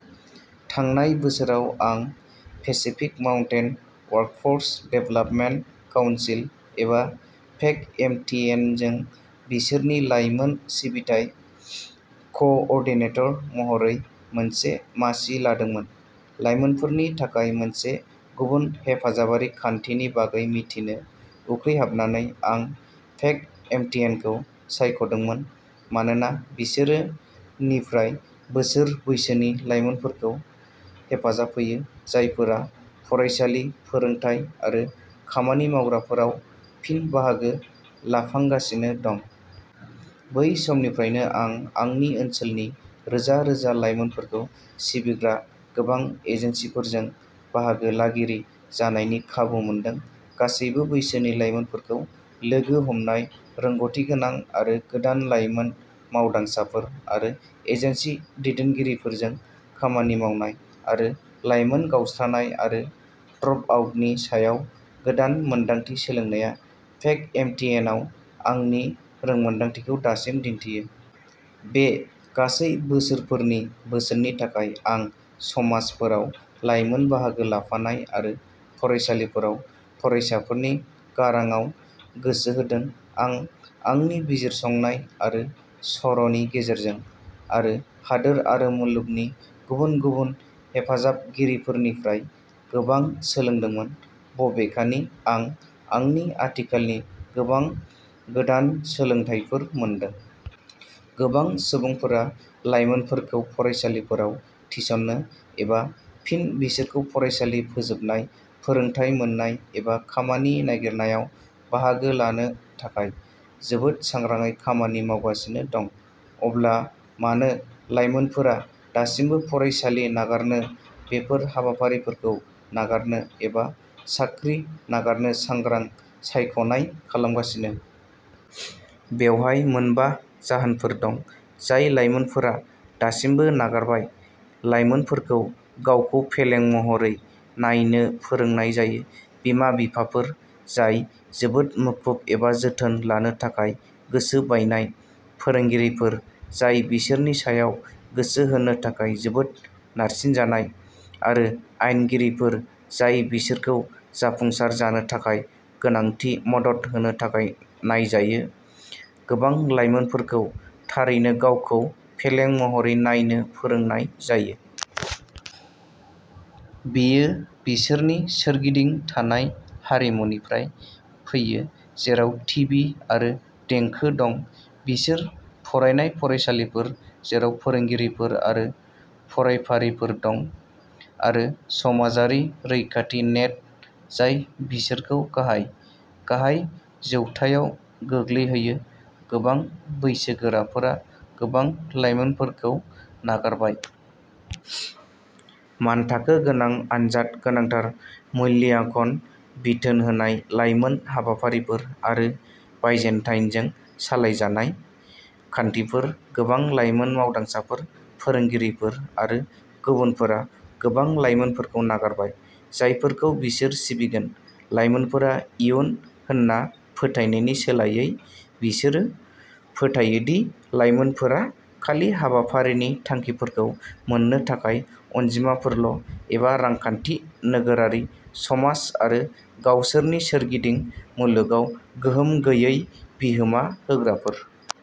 थांनाय बोसोराव आं Pacific Mountain Workforce Development Council, एबा पेकएमटीएनजों बिसोरनि लाइमोन सिबिथाइ क'ओर्डिनेटर महरै मोनसे मासि लादोंमोन। लाइमोनफोरनि थाखाय मोनसे गुबुन हेफाजाबारि खान्थिनि बागै मिथिनो उखैहाबनानै, आं पेकएमटीएनखौ सायख'दोंमोन मानोना बिसोरो निफ्राय बोसोर बैसोनि लाइमोनफोरखौ हेफाजाब होयो, जायफोरा फरायसालि, फोरोंथाय आरो खामानि मावग्राफोराव फिन-बाहागो लाफांगासिनो दं। बै समनिफ्रायनो, आं आंनि ओनसोलनि रोजा-रोजा लाइमोनफोरखौ सिबिग्रा गोबां एजेन्सिफोरजों बाहागो लागिरि जानायनि खाबु मोनदों। गासैबो बैसोनि लाइमोनफोरखौ लोगो हमनाय, रोंग'थिगोनां आरो गोदान लाइमोन मावदांसाफोर आरो एजेन्सि दैदेनगिरिफोरजों खामानि मावनाय, आरो लाइमोन गावस्रानाय आरो ड्रपआउटनि सायाव गोदान मोनदांथि सोलोंनाया पेकएमटीएनआव आंनि रोंमोनदांथिखौ दासिम दिन्थियो। बे गासै बोसोरफोरनि बोसोननि थाखाय, आं समाजफोराव लाइमोन बाहागो लाफानाय आरो फरायसालिफोराव फरायसाफोरनि गारांआव गोसो होदों। आं आंनि बिजिरसंनाय आरो सर'नि गेजेरजों, आरो हादोर आरो मुलुगनि गुबुन गुबुन हेफाजाबगिरिफोरनिफ्राय गोबां सोलोंदोंमोन। बबेखानि, आं आंनि आथिखालनि गोबां गोदान सोलोंथायफोर मोनदों। गोबां सुबुंफोरा लाइमोनफोरखौ फरायसालिफोराव थिसननो, एबा फिन बिसोरखौ फरायसालि फोजोबनाय, फोरोंथाय मोन्नाय, एबा खामानि नागिरनायाव बाहागो लानो थाखाय जोबोद सांग्राङै खामानि मावगासिनो दं। अब्ला मानो लाइमोनफोरा दासिमबो फरायसालि नागारनो, बेफोर हाबाफारिफोरखौ नागारनो, एबा साख्रि नागारनो सांग्रां सायख'नाय खालामगासिनो? बेवहाय मोनबा जाहोनफोर दं, जाय लाइमोनफोरा दासिमबो नागारबाय। लाइमोनफोरखौ गावखौ फेलें महरै नायनो फोरोंनाय जायो। बिमा-बिफाफोर जाय जोबोद मुखुब एबा जोथोन लानो थाखाय गोसो बायनाय, फोरोंगिरिफोर जाय बिसोरनि सायाव गोसो होनो थाखाय जोबोद नारसिनजानाय, आरो आयेनगिरिफोर जाय बिसोरखौ जाफुंसार जानो थाखाय गोनांथि मदद होनो थाखाय नायजायो, गोबां लाइमोनफोरखौ थारैनो गावखौ फेलें महरै नायनो फोरोंनाय जायो। बेयो बिसोरनि सोरगिदिं थानाय हारिमुनिफ्राय फैयो, जेराव टिभि आरो देंखो दं; बिसोर फरायनाय फरायसालिफोर, जेराव फोरोंगिरिफोर आरो फरायफारिफोर दं; आरो समाजारि रैखाथि नेट जाय बिसोरखौ गाहाय, गाहाय जौथायाव गोग्लैहोयो। गोबां बैसोगोराफोरा गोबां लाइमोनफोरखौ नागारबाय। मानथाखो गोनां आनजाद, गोनांथार मूल्याङ्कन, बिथोन होनाय लाइमोन हाबाफारिफोर, आरो बाइजेन्टाइनजों सालायजानाय। खान्थिफोर, गोबां लाइमोन मावदांसाफोर, फोरोंगिरिफोर आरो गुबुनफोरा गोबां लाइमोनफोरखौ नागारबाय, जायफोरखौ बिसोर सिबिगोन। "लाइमोनफोरा इयुन" होन्ना फोथायनायनि सोलायै, बिसोरो फोथायो दि लाइमोनफोरा खालि हाबाफारिनि थांखिफोरखौ मोन्नो थाखाय अनजिमाफोरल ', एबा रांखान्थि, नोगोरारि समाज आरो गावसोरनि सोरगिदिं मुलुगाव गोहोम गैयै बिहोमा होग्राफोर।